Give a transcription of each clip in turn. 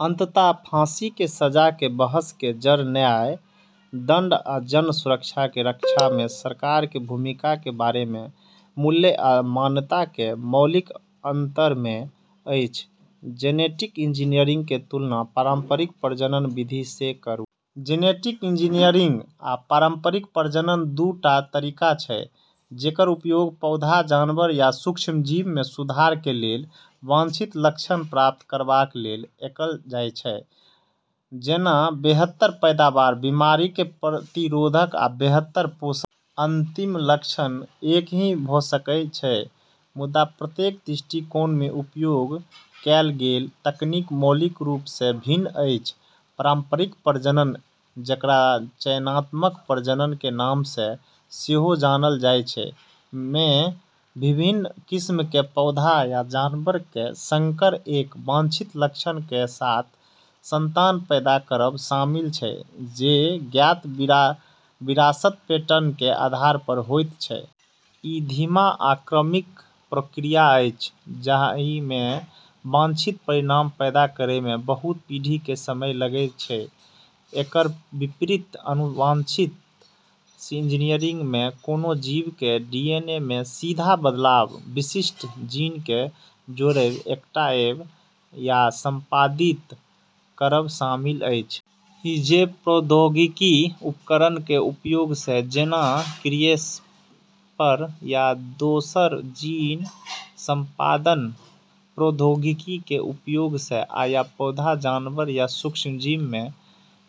अंततः फांसी के सजा के बहस के जड़ न्याय, दंड, आ जन सुरक्षा के रक्षा मे सरकार के भूमिका के बारे मे मूल्य आ मान्यता के मौलिक अंतर मे अछि। जेनेटिक इंजीनियरिंग के तुलना पारंपरिक प्रजनन विधि सँ करू। जेनेटिक इंजीनियरिंग आ पारंपरिक प्रजनन दू टा तरीका अछि जेकर उपयोग पौधा, जानवर या सूक्ष्मजीव मे सुधार के लेल वांछित लक्षण प्राप्त करबा लेल कएल जाइत अछि, जेना बेहतर पैदावार, बीमारी के प्रतिरोध, आ बेहतर पोषण। अंतिम लक्ष्य एकहि भ सकैत अछि, मुदा प्रत्येक दृष्टिकोण मे प्रयोग कएल गेल तकनीक मौलिक रूप सँ भिन्न अछि। पारंपरिक प्रजनन, जकरा चयनात्मक प्रजनन के नाम सँ सेहो जानल जाइत अछि, मे विभिन्न किस्म के पौधा या जानवर के संकर कए वांछित लक्षण के साथ संतान पैदा करब शामिल अछि, जे ज्ञात विरासत पैटर्न के आधार पर होइत अछि। ई धीमा आ क्रमिक प्रक्रिया अछि, जाहि मे वांछित परिणाम पैदा करब मे बहुत पीढ़ी के समय लगैत अछि। एकर विपरीत, आनुवंशिक इंजीनियरिंग मे कोनो जीव के डीएनए मे सीधा बदलाव, विशिष्ट जीन के जोड़ब, हटाएब या संपादित करब शामिल अछि। ई जैव प्रौद्योगिकी उपकरण के उपयोग सँ, जेना क्रिस्पर या दोसर जीन-संपादन प्रौद्योगिकी के उपयोग सँ, या पौधा, जानवर या सूक्ष्मजीव मे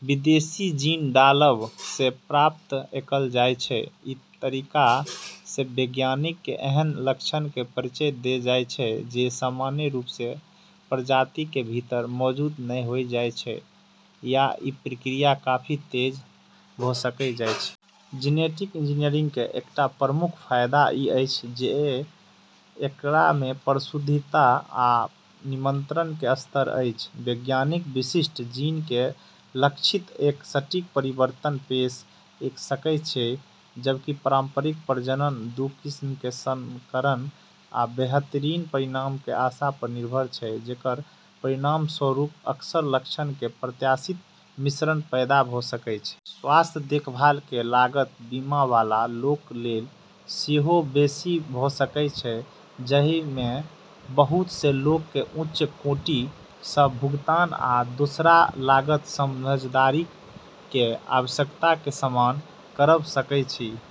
विदेशी जीन डालब सँ प्राप्त कएल जाइत अछि। ई तरीका सँ वैज्ञानिक के एहन लक्षण के परिचय देल जाइत अछि जे सामान्य रूप सँ प्रजाति के भीतर मौजूद नहि होइत अछि आ ई प्रक्रिया मे काफी तेजी आबि सकैत अछि। जेनेटिक इंजीनियरिंग के एकटा प्रमुख फायदा ई अछि जे एकरा मे परिशुद्धता आ नियंत्रण के स्तर अछि। वैज्ञानिक विशिष्ट जीन के लक्षित कए सटीक परिवर्तन पेश कए सकैत अछि, जबकि पारंपरिक प्रजनन दू किस्म के संकरन आ बेहतरीन परिणाम के आशा पर निर्भर अछि, जेकर परिणामस्वरूप अक्सर लक्षण के अप्रत्याशित मिश्रण पैदा भ सकैत अछि। स्वास्थ्य देखभाल के लागत, बीमा वाला लोक लेल सेहो, बेसी भ सकैत अछि, जाहि मे बहुत सँ लोक के उच्च कटौती, सह-भुगतान, आ दोसर लागत-साझेदारी के आवश्यकता के सामना करब पड़ैत अछि।